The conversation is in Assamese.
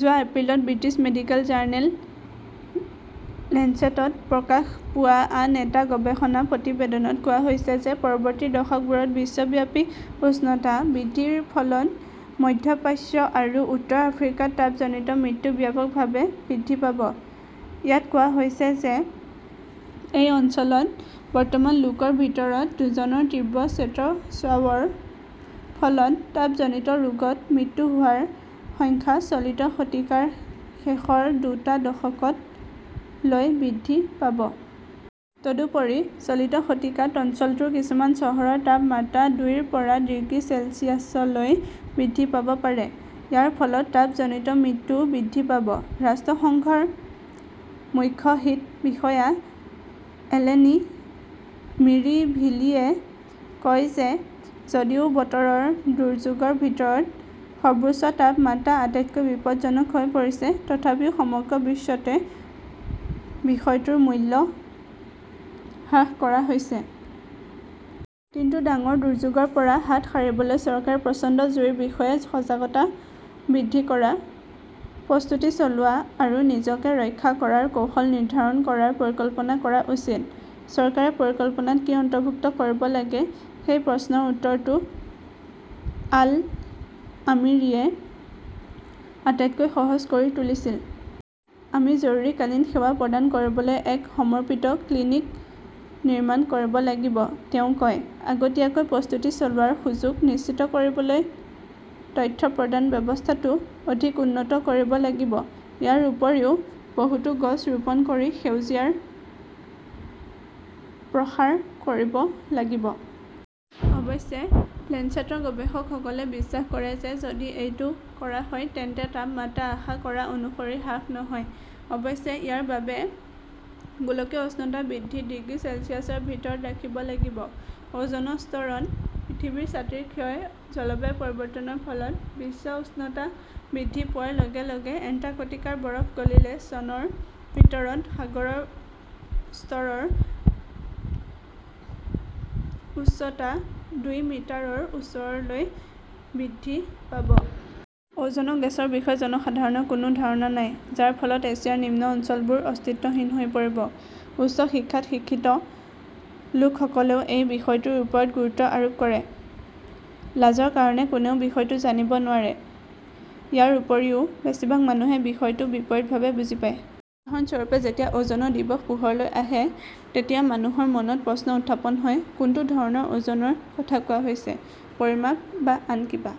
যোৱা এপ্ৰিলত ব্ৰিটিছ মেডিকেল জাৰ্নেল লেঞ্চেটত প্ৰকাশ পোৱা আন এটা গৱেষণা প্ৰতিবেদনত কোৱা হৈছে যে পৰৱৰ্তী দশকবোৰত বিশ্বব্যাপী উষ্ণতা বৃদ্ধিৰ ফলত মধ্য প্ৰাচ্য আৰু উত্তৰ আফ্ৰিকাত তাপজনিত মৃত্যু ব্যাপকভাৱে বৃদ্ধি পাব। ইয়াত কোৱা হৈছে যে এই অঞ্চলত বৰ্তমান লোকৰ ভিতৰত দুজনৰ তীব্ৰ শ্বেতস্ৰাৱৰ ফলত তাপজনিত ৰোগত মৃত্যু হোৱাৰ সংখ্যা চলিত শতিকাৰ শেষৰ দুটা দশকত লৈ বৃদ্ধি পাব। তদুপৰি, চলিত শতিকাত অঞ্চলটোৰ কিছুমান চহৰৰ তাপমাত্ৰা দুইৰ পৰা ডিগ্ৰী চেলছিয়াছলৈ বৃদ্ধি পাব পাৰে। ইয়াৰ ফলত তাপজনিত মৃত্যুও বৃদ্ধি পাব। ৰাষ্ট্ৰসংঘৰ মুখ্য হিট বিষয়া এলেনি মিৰিভিলিয়ে কয় যে যদিও বতৰৰ দুৰ্যোগৰ ভিতৰত সৰ্বোচ্চ তাপমাত্ৰা আটাইতকৈ বিপদজনক হৈ পৰিছে, তথাপিও সমগ্ৰ বিশ্বতে বিষয়টোৰ মূল্য হ্ৰাস কৰা হৈছে। কিন্তু ডাঙৰ দুৰ্যোগৰ পৰা হাত সাৰিবলৈ চৰকাৰে প্ৰচণ্ড জুইৰ বিষয়ে সজাগতা বৃদ্ধি কৰা, প্ৰস্তুতি চলোৱা আৰু নিজকে ৰক্ষা কৰাৰ কৌশল নিৰ্ধাৰণ কৰাৰ পৰিকল্পনা কৰা উচিত। চৰকাৰে পৰিকল্পনাত কি অন্তৰ্ভুক্ত কৰিব লাগে সেই প্ৰশ্নৰ উত্তৰটো আল-আমিৰীয়ে আটাইতকৈ সহজ কৰি তুলিছিল। "আমি জৰুৰীকালীন সেৱা প্ৰদান কৰিবলৈ এক সমৰ্পিত ক্লিনিক নিৰ্মাণ কৰিব লাগিব", তেওঁ কয়। আগতীয়াকৈ প্ৰস্তুতি চলোৱাৰ সুযোগ নিশ্চিত কৰিবলৈ তথ্য প্ৰদান ব্যৱস্থাটো অধিক উন্নত কৰিব লাগিব। ইয়াৰ উপৰিও, বহুতো গছ ৰোপণ কৰি সেউজীয়াৰ প্ৰসাৰ কৰিব লাগিব। অৱশ্যে, লেঞ্চেটৰ গৱেষকসকলে বিশ্বাস কৰে যে যদি এইটো কৰা হয় তেন্তে তাপমাত্ৰা আশা কৰা অনুসৰি হ্ৰাস নহয়। অৱশ্যে, ইয়াৰ বাবে গোলকীয় উষ্ণতা বৃদ্ধি ডিগ্ৰী চেলছিয়াছৰ ভিতৰত ৰাখিব লাগিব। অ 'জন স্তৰত পৃথিৱীৰ ছাতিৰ ক্ষয় জলবায়ু পৰিৱৰ্তনৰ ফলত বিশ্ব উষ্ণতা বৃদ্ধি পোৱাৰ লগে লগে এণ্টাৰ্কটিকাৰ বৰফ গলিলে চনৰ ভিতৰত সাগৰৰ স্তৰৰ উচ্চতা দুই মিটাৰৰ ওচৰলৈ বৃদ্ধি পাব। অ 'জন গেছৰ বিষয়ে জনসাধাৰণৰ কোনো ধাৰণা নাই, যাৰ ফলত এছিয়াৰ নিম্ন অঞ্চলবোৰ অস্তিত্বহীন হৈ পৰিব। উচ্চ শিক্ষাত শিক্ষিত লোকসকলেও এই বিষয়টোৰ ওপৰত গুৰুত্ব আৰোপ কৰে। লাজৰ কাৰণে কোনেও বিষয়টো জানিব নোৱাৰে। ইয়াৰ উপৰিও বেছিভাগ মানুহে বিষয়টো বিপৰীতভাৱে বুজি পায়। উদাহৰণস্বৰূপে, যেতিয়া 'অ'জন দিৱস" পোহৰলৈ আহে, তেতিয়া মানুহৰ মনত প্ৰশ্ন উত্থাপন হয়, কোনটো ধৰণৰ অ'জনৰ কথা কোৱা হৈছে? পৰিমাপ বা আন কিবা!